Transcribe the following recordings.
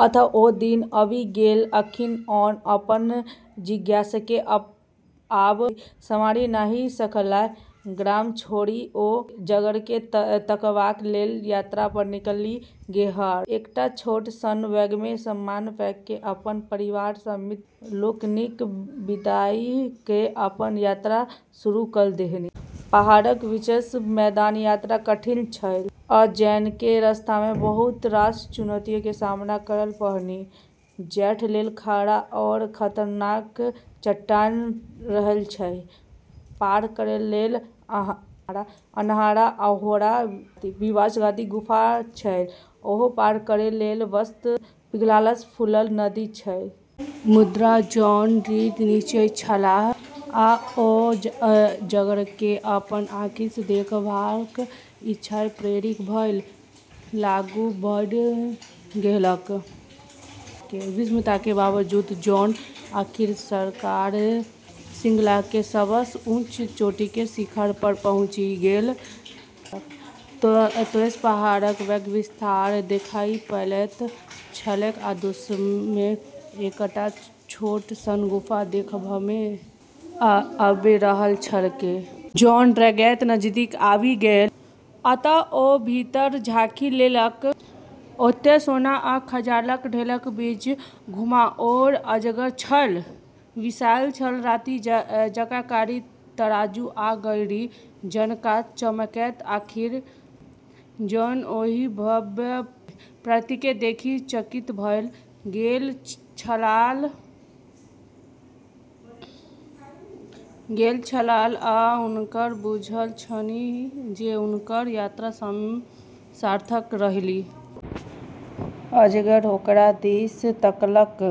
अंततः ओ दिन आबि गेल जखनि जॉन अपन जिज्ञासाकेँ आब सम्हारि नहि सकलाह। गाम छोड़ि ओ अजगरकेँ तकबाक लेल यात्रा पर निकलि गेलाह। एकटा छोट सन बैगमे सामान पैक क' अपन परिवार आ मित्र लोकनिसँ विदाइ क' अपन यात्रा शुरू क' देलनि। पहाड़क बीचसँ पैदल यात्रा कठिन छल, आ जॉनके रस्तामे बहुत रास चुनौतीके सामना करय पड़लनि। चढ़ै लेल खड़ा आओर खतरनाक चट्टान छलै, पार करै लेल अन्हार आओर विश्वासघाती गुफा छलै, आरो पार करै लेल वसंत पिघललासँ फूलल नदी छलै। मुदा जॉन दृढ़ निश्चयी छलाह, आ ओ अजगरकेँ अपन आँखिसँ देखबाक इच्छासँ प्रेरित भ' आगू बढ़ि गेलाह। विषमताके बावजूद जॉन आखिरकार श्रृंखलाके सबसँ ऊँच चोटीके शिखर पर पहुँचि गेल। ओतयसँ पहाड़क पैघ विस्तार देखाइ पड़ैत छलैक आ दूरमे एकटा छोट सन गुफा देखबामे आबि रहल छलैक। जॉन रेंगैत नजदीक आबि गेल, आ अंततः ओ भीतर झाँकि लेलक। ओतय सोना आ खजानाक ढेरक बीच घुमाओल अजगर छल। विशाल छल, राति जकाँ कारी तराजू आ अंगारी जकाँ चमकैत आँखि। जॉन ओहि भव्य प्राणीकेँ देखि चकित भ' गेल छलाह, आ हुनका बुझल छलनि जे हुनकर यात्रा सार्थक रहलनि। अजगर ओकरा दिस तकलक,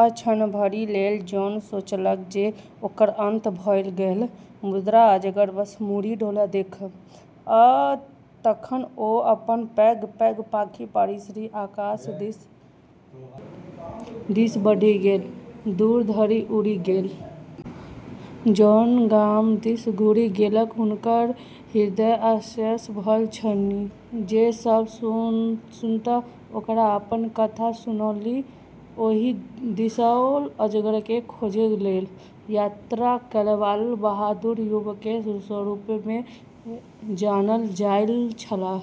आ क्षण भरि लेल जॉन सोचलक जे ओकर अंत भ' गेलै। मुदा अजगर बस मुड़ी डोला देलक, आ तखन ओ अपन पैघ-पैघ पाँखि पसारि आकाश दिस बढ़ि गेल, दूर धरि उड़ि गेल। जॉन गाम दिस घुरि गेलाह, हुनकर हृदय आश्चर्यसँ भरल छलनि। जे सब सुनत, ओकरा अपन कथा सुनौलनि आ ओहि दिनसँ ओ अजगरके खोजै लेल यात्रा करैबला बहादुर युवकके रूपमे जानल जाइत छलाह।